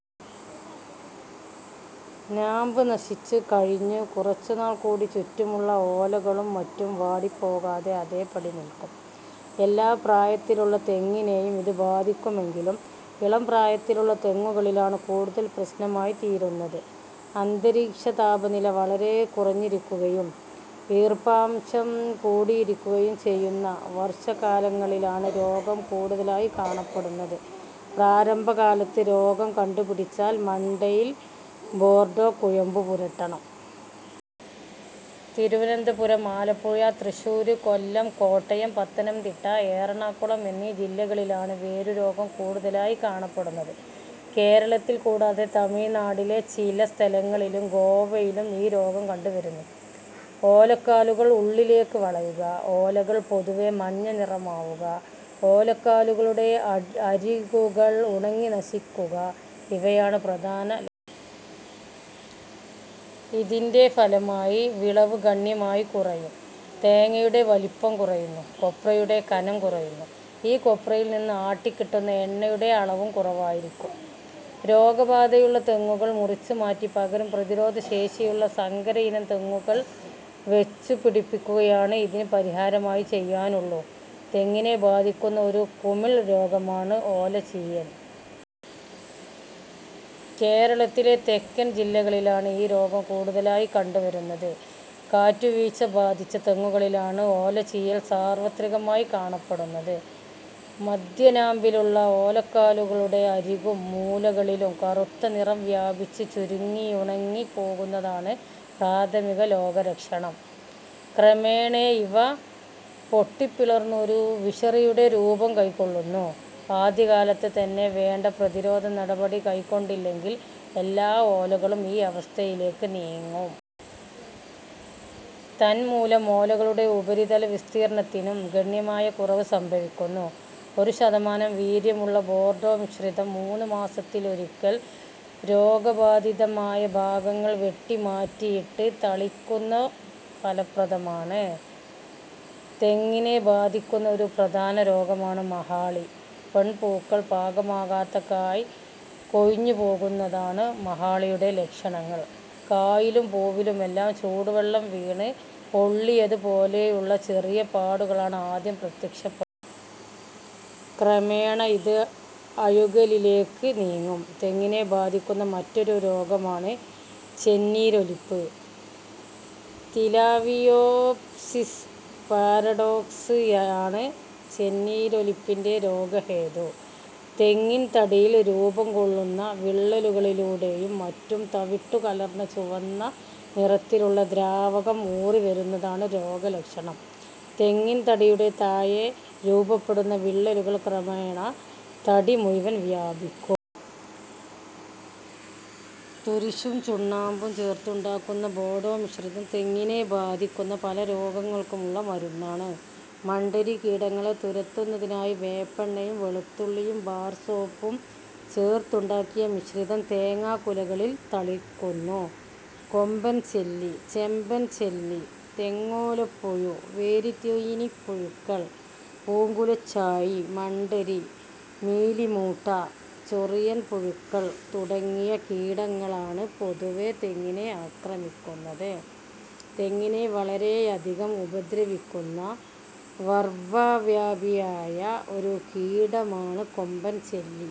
നാമ്പ് നശിച്ച് കഴിഞ്ഞു കുറച്ചുനാൾ കൂടി ചുറ്റുമുള്ള ഓലകളും മറ്റും വാടിപ്പോകാതെ അതേപടി നിൽക്കും. എല്ലാ പ്രായത്തിലുള്ള തെങ്ങിനേയും ഇത് ബാധിക്കുമെങ്കിലും ഇളംപ്രായത്തിലുള്ള തെങ്ങുകളിലാണ് കൂടുതൽ പ്രശ്നമായി തീരുന്നത്. അന്തരീക്ഷതാപനില വളരെ കുറഞ്ഞിരിയ്ക്കുകയും ഈർപ്പാംശം കൂടിയിരിക്കുകയും ചെയ്യുന്ന വർഷക്കാലങ്ങളിലാണ് രോഗം കൂടുതലായി കാണപ്പെടുന്നത്. പ്രാരംഭകാലത്ത് രോഗം കണ്ടുപിടിച്ചാൽ മണ്ടയിൽ ബോർഡോ കുഴമ്പ് പുരട്ടണം. തിരുവനന്തപുരം, ആലപ്പുഴ, തൃശ്ശൂർ, കൊല്ലം, കോട്ടയം, പത്തനംതിട്ട, എറണാകുളം എന്നീ ജില്ലകളിലാണ് വേരുരോഗം കൂടുതലായി കാണപ്പെടുന്നത്. കേരളത്തിൽ കൂടാതെ തമിഴ്നാടിലെ ചില സ്ഥലങ്ങളിലും, ഗോവയിലും ഈ രോഗം കണ്ടു വരുന്നു. ഓലക്കാലുകൾ ഉള്ളിലേയ്ക്ക് വളയുക, ഓലകൾ പൊതുവെ മഞ്ഞനിറമാവുക, ഓലക്കാലുകളുടെ അരികുകൾ ഉണങ്ങിനശിക്കുക ഇവയാണ് പ്രധാന ലക്ഷണങ്ങൾ. ഇതിന്റെ ഫലമായി വിളവ് ഗണ്യമായി കുറയും. തേങ്ങയുടെ വലിപ്പം കുറയുന്നു. കൊപ്രയുടെ കനം കുറയുന്നു. ഈ കൊപ്രയിൽ നിന്ന് ആട്ടിക്കിട്ടുന്ന എണ്ണയുടെ അളവും കുറവായിരിയ്ക്കും. രോഗബാധയുള്ള തെങ്ങുകൾ മുറിച്ച് മാറ്റി പകരം പ്രതിരോധശേഷിയുള്ള സങ്കരയിനം തെങ്ങുകൽ വച്ചു പിടിപ്പിക്കുകയാണ് ഇതിന് പരിഹാരമായി ചെയ്യാനുള്ളൂ. തെങ്ങിനെ ബാധിയ്ക്കുന്ന ഒരു കുമിൾ രോഗമാണ് ഓലചീയൽ. കേരളത്തിലെ തെക്കൻ ജില്ലകളിലാണ് ഈ രോഗം കൂടുതലായി കണ്ടുവരുന്നത്. കാറ്റുവീഴ്ച ബാധിച്ച തെങ്ങുകളിലാണ് ഓലചീയൽ സാർവ്വത്രികമായി കാണപ്പെടുന്നത്. മദ്ധ്യനാമ്പിലുള്ള ഓലക്കാലുകളുടെ അരികും മൂലകളിലും കറുത്തനിറം വ്യാപിച്ച് ചുരുങ്ങിയുണങ്ങി പോകുന്നതാണ് പ്രാഥമിക രോഗലക്ഷണം. ക്രമേണ ഇവ പൊട്ടിപ്പിളർന്നു ഒരു വിശറിയുടെ രൂപം കൈക്കൊള്ളുന്നു. ആദ്യകാലത്ത് തന്നെ വേണ്ട പ്രതിരോധനടപടി കൈക്കൊണ്ടില്ലെങ്കിൽ എല്ലാ ഓലകളും ഈ അവസ്ഥയിലേയ്ക്ക് നീങ്ങും. തന്മൂലം ഓലകളുടെ ഉപരിതല വിസ്തീർണ്ണത്തിനും ഗണ്യമായ കുറവ് സംഭവിക്കുന്നു. ഒരു ശതമാനം വീര്യമുള്ള ബോർഡോമിശ്രിതം മൂന്നുമാസത്തിലൊരിയ്ക്കൽ രോഗബാധിതമായ ഭാഗങ്ങൾ വെട്ടിമാറ്റിയിട്ട് തളിയ്ക്കുന്ന ഫലപ്രദമാണ്. തെങ്ങിനെ ബാധിയ്ക്കുന്ന ഒരു പ്രധാന രോഗമാണ് മഹാളി. പെൺപൂക്കൾ, പാകമാകാത്ത കായ് കൊഴിഞ്ഞുപോകുന്നതാണ് മഹാളിയുടെ ലക്ഷണങ്ങൾ. കായിലും പൂവിലുമെല്ലാം ചൂടുവെള്ളം വീണ് പൊള്ളിയത് പോലെയുള്ള ചെറിയ പാടുകളാണ് ആദ്യം പ്രത്യക്ഷപ്പെടുക. ക്രമേണ ഇത് അഴുകലിലേയ്ക്ക് നീങ്ങും. തെങ്ങിനെ ബാധിക്കുന്ന മറ്റൊരു രോഗമാണ് ചെന്നീരൊലിപ്പ്. തിലാവിയോപ്സിസ് പാരഡോക്സ് യാണ് ചെന്നീരൊലിപ്പിന്റെ രോഗഹേതു. തെങ്ങിൻ തടിയിൽ രൂപം കൊള്ളുന്ന വിള്ളലുകളിലൂടെയും മറ്റും തവിട്ടു കലർന്ന ചുവന്ന നിറത്തിലുള്ള ദ്രാവകം ഊറിവരുന്നതാണ് രോഗലക്ഷണം. തെങ്ങിൻ തടിയുടെ താഴെ രൂപപ്പെടുന്ന വിള്ളലുകൾ ക്രമേണ തടി മുഴുവൻ വ്യാപിക്കും. തുരിശും ചുണ്ണാമ്പും ചേർത്തുണ്ടാക്കുന്ന ബോഡോ മിശ്രിതം തെങ്ങിനെ ബാധിക്കുന്ന പല രോഗങ്ങൾക്കുമുള്ള മരുന്നാണ്. മണ്ഡരി കീടങ്ങളെ തുരത്തുന്നതിനായി വേപ്പെണ്ണയും വെളുത്തുള്ളിയും ബാർ സോപ്പും ചേർത്തുണ്ടാക്കിയ മിശ്രിതം തേങ്ങാക്കുലകളിൽ തളിക്കുന്നു. കൊമ്പൻ ചെല്ലി, ചെമ്പൻ ചെല്ലി, തെങ്ങോലപ്പുഴു, വേരുതീനിപ്പുഴുക്കൾ, പൂങ്കുലച്ചാഴി, മണ്ഡരി, മീലിമൂട്ട, ചൊറിയൻ പുഴുക്കൾ തുടങ്ങിയ കീടങ്ങളാണ് പൊതുവേ തെങ്ങിനെ ആക്രമിക്കുന്നത്. തെങ്ങിനെ വളരെയധികം ഉപദ്രവിക്കുന്ന വർവ്വ വ്യാപിയായ ഒരു കീടമാണ് കൊമ്പൻ ചെല്ലി.